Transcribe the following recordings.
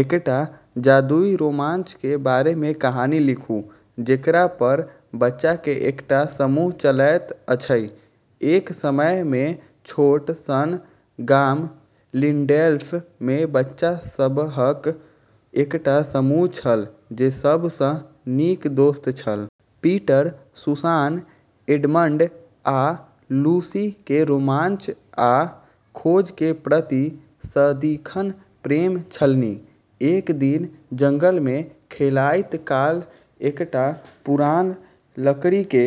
एकटा जादुई रोमांच के बारे में कहानी लिखू जेकरा पर बच्चा के एकटा समूह चलैत अछि। एक समय मे छोट सन गाम लिंडेल्फ मे बच्चा सबहक एकटा समूह छल जे सब सं नीक दोस्त छल। पीटर, सुसान, एडमंड आ लूसी के रोमांच आ खोज के प्रति सदिखन प्रेम छलनि। एक दिन जंगल मे खेलाइत काल एकटा पुरान लकड़ी के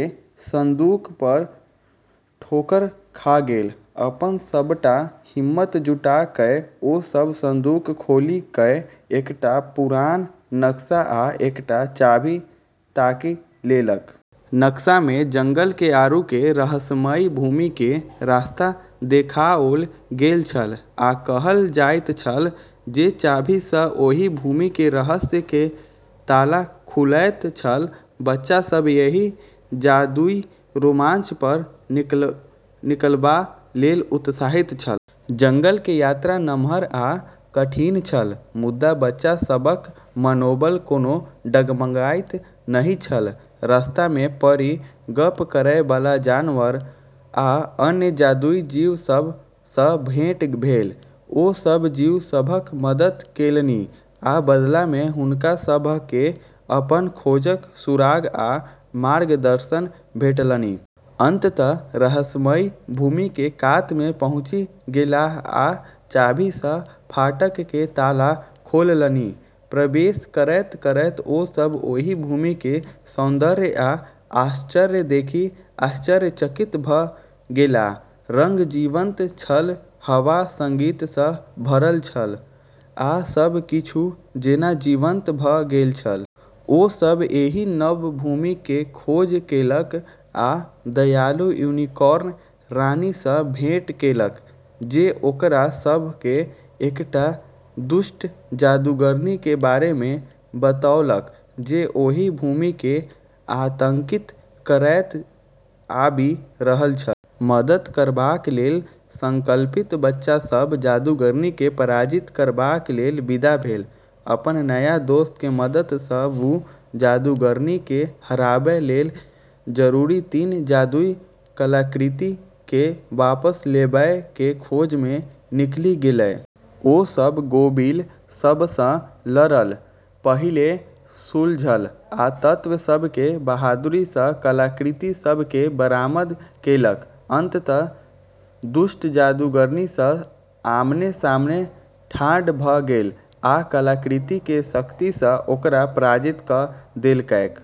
संदूक पर ठोकर खा गेल। अपन सबटा हिम्मत जुटा कए ओ सब संदूक खोलि कए एकटा पुरान नक्शा आ एकटा चाभी ताकि लेलक। नक्शा मे जंगल के आगू के रहस्यमयी भूमि के रास्ता देखाओल गेल छल, आ कहल जाइत छल जे चाभी सँ ओहि भूमि के रहस्य के ताला खुलैत छल। बच्चा सब एहि जादुई रोमांच पर निकलबा लेल उत्साहित छल। जंगल के यात्रा नम्हर आ कठिन छल, मुदा बच्चा सभक मनोबल कोनो डगमगाइत नहि छल। रस्ता मे परी, गप्प करय बला जानवर, आ अन्य जादुई जीव सब सँ भेंट भेल। ओ सभ जीव सभक मदद केलनि, आ बदला मे हुनका सभ केँ अपन खोजक सुराग आ मार्गदर्शन भेटलनि। अन्ततः रहस्यमयी भूमि के कात मे पहुँचि गेलाह आ चाभी सँ फाटक के ताला खोललनि। प्रवेश करैत-करैत ओ सभ ओहि भूमि के सौन्दर्य आ आश्चर्य देखि आश्चर्यचकित भ' गेलाह। रंग जीवंत छल, हवा संगीत सँ भरल छल, आ सब किछु जेना जीवंत भऽ गेल छल। ओ सभ एहि नव भूमि के खोज केलक आ दयालु यूनिकॉर्न रानी सँ भेंट केलक, जे ओकरा सभ केँ एकटा दुष्ट जादूगरनी के बारे मे बतौलक जे ओहि भूमि केँ आतंकित करैत आबि रहल छल। मदद करबाक लेल संकल्पित बच्चा सभ जादूगरनी केँ पराजित करबाक लेल विदा भेल। अपन नया दोस्त के मदद सँ वू जादूगरनी केँ हराबै लेल जरूरी तीन जादुई कलाकृति केँ वापस लेबै के खोज मे निकली गेलै। ओ सभ गोबिल सबसँ लड़ल, पहेली सुलझल आ तत्व सब के बहादुरी सँ कलाकृति सब केँ बरामद केलक। अंततः दुष्ट जादूगरनी सँ आमने-सामने ठाढ़ भ' गेल आ कलाकृति के शक्ति सँ ओकरा पराजित क' देलकैक।